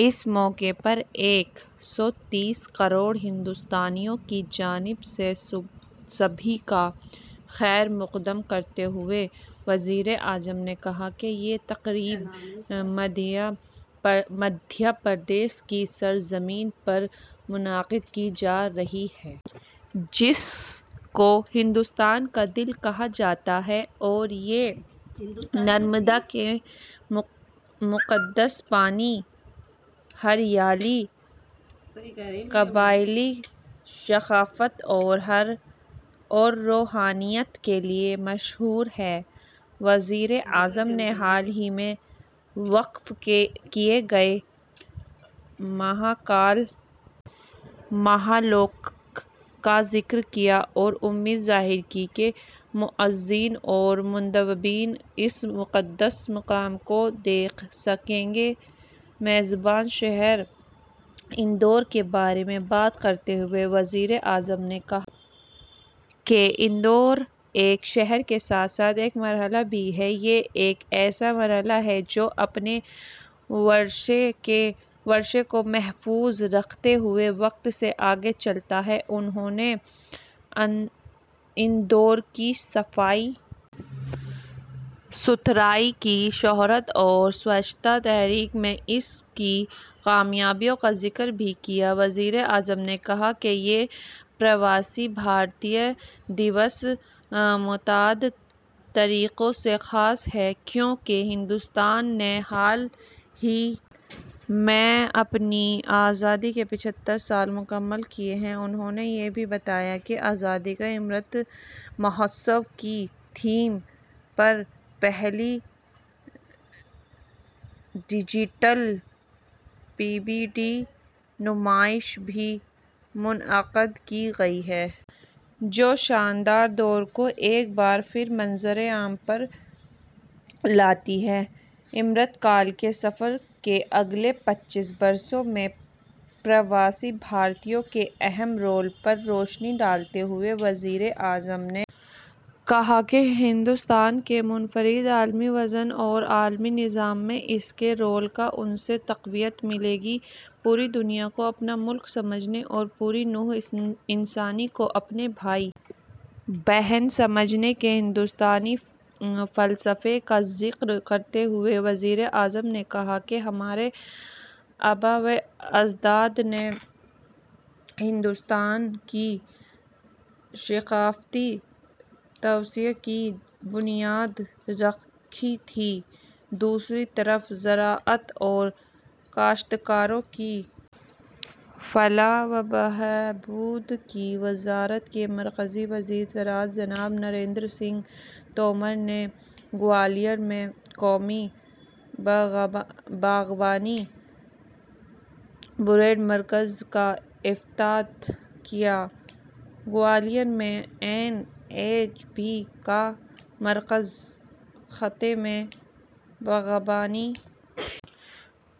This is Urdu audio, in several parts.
اس موقع پر ایک سو تیس کروڑ ہندوستانیوں کی جانب سے سبھی کا خیرمقدم کرتے ہوئے وزیر اعظم نے کہا کہ یہ تقریب مدھیہ پردیش کی سرزمین پر منعقد کی جا رہی ہے جس کو ہندوستان کا دل کہا جاتا ہے اور یہ نرمدا کے مقدس پانی ہریالی قبائلی ثقافت اور روحانیت کے لیے مشہور ہے وزیر اعظم نے حال ہی میں وقف کیے گئے مہاکال مہا لوک کا ذکر کیا اور امید ظاہر کی کہ معززین اور مندوبین اس مقدس مقام کو دیکھ سکیں گے میزبان شہر اندور کے بارے میں بات کرتے ہوئے وزیر اعظم نے کہا کہ اندور ایک شہر کے ساتھ ساتھ ایک مرحلہ بھی ہے یہ ایک ایسا مرحلہ ہے جو اپنے ورثے کو محفوظ رکھتے ہوئے وقت سے آگے چلتا ہے انہوں نے اندور کی صفائی ستھرائی کی شہرت اور سووچھتا تحریک میں اس کی کامیابیوں کا ذکر بھی کیا وزیر اعظم نے کہا کہ یہ پرواسی بھارتیہ دِوس متعدد طریقوں سے خاص ہے کیونکہ ہندوستان نے حال ہی میں اپنی آزادی کے پچھتر سال مکمل کیے ہیں انہوں نے یہ بھی بتایا کہ آزادی کا امرت مہوتسو کی تھیم پر پہلی ڈیجیٹل پی بی ڈی نمائش بھی منعقد کی گئی ہے جو شاندار دور کو ایک بار پھر منظر عام پر لاتی ہے امرت کال کے سفر کے اگلے پچیس برسوں میں پرواسی بھارتیوں کے اہم رول پر روشنی ڈالتے ہوئے وزیر اعظم نے کہا کہ ہندوستان کے منفرد عالمی وژن اور عالمی نظام میں اس کے رول کو ان سے تقویت ملے گی پوری دنیا کو اپنا ملک سمجھنے اور پوری نوع انسانی کو اپنے بھائی بہن سمجھنے کے ہندوستانی فلسفے کا ذکر کرتے ہوئے وزیر اعظم نے کہا کہ ہمارے آبا و اجداد نے ہندوستان کی ثقافتی توسیع کی بنیاد رکھی تھی دوسری طرف زراعت اور کاشتکاروں کی فلاح و بہبود کی وزارت کے مرکزی وزیر زراعت جناب نریندر سنگھ تومر نے گوالیر میں قومی باغبانی بورڈ مرکز کا افتتاح کیا گوالیر میں این ایچ بی کا مرکز خطے میں باغبانی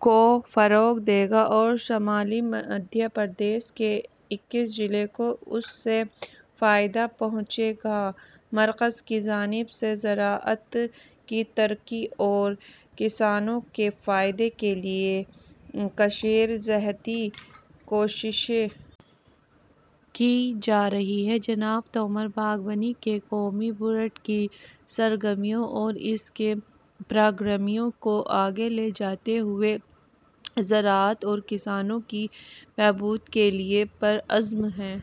کو فروغ دے گا اور شمالی مدھیہ پردیش کے اکیس اضلاع کو اس سے فائدہ پہنچے گا مرکز کی جانب سے زراعت کی ترقی اور کسانوں کے فائدے کے لیے کثیر جہتی کوششیں کی جا رہی ہیں جناب تومر باغبانی کے قومی بورڈ کی سرگرمیوں اور اس کے پروگراموں کو آگے لے جاتے ہوئے زراعت اور کسانوں کی بہبود کے لیے پرعزم ہیں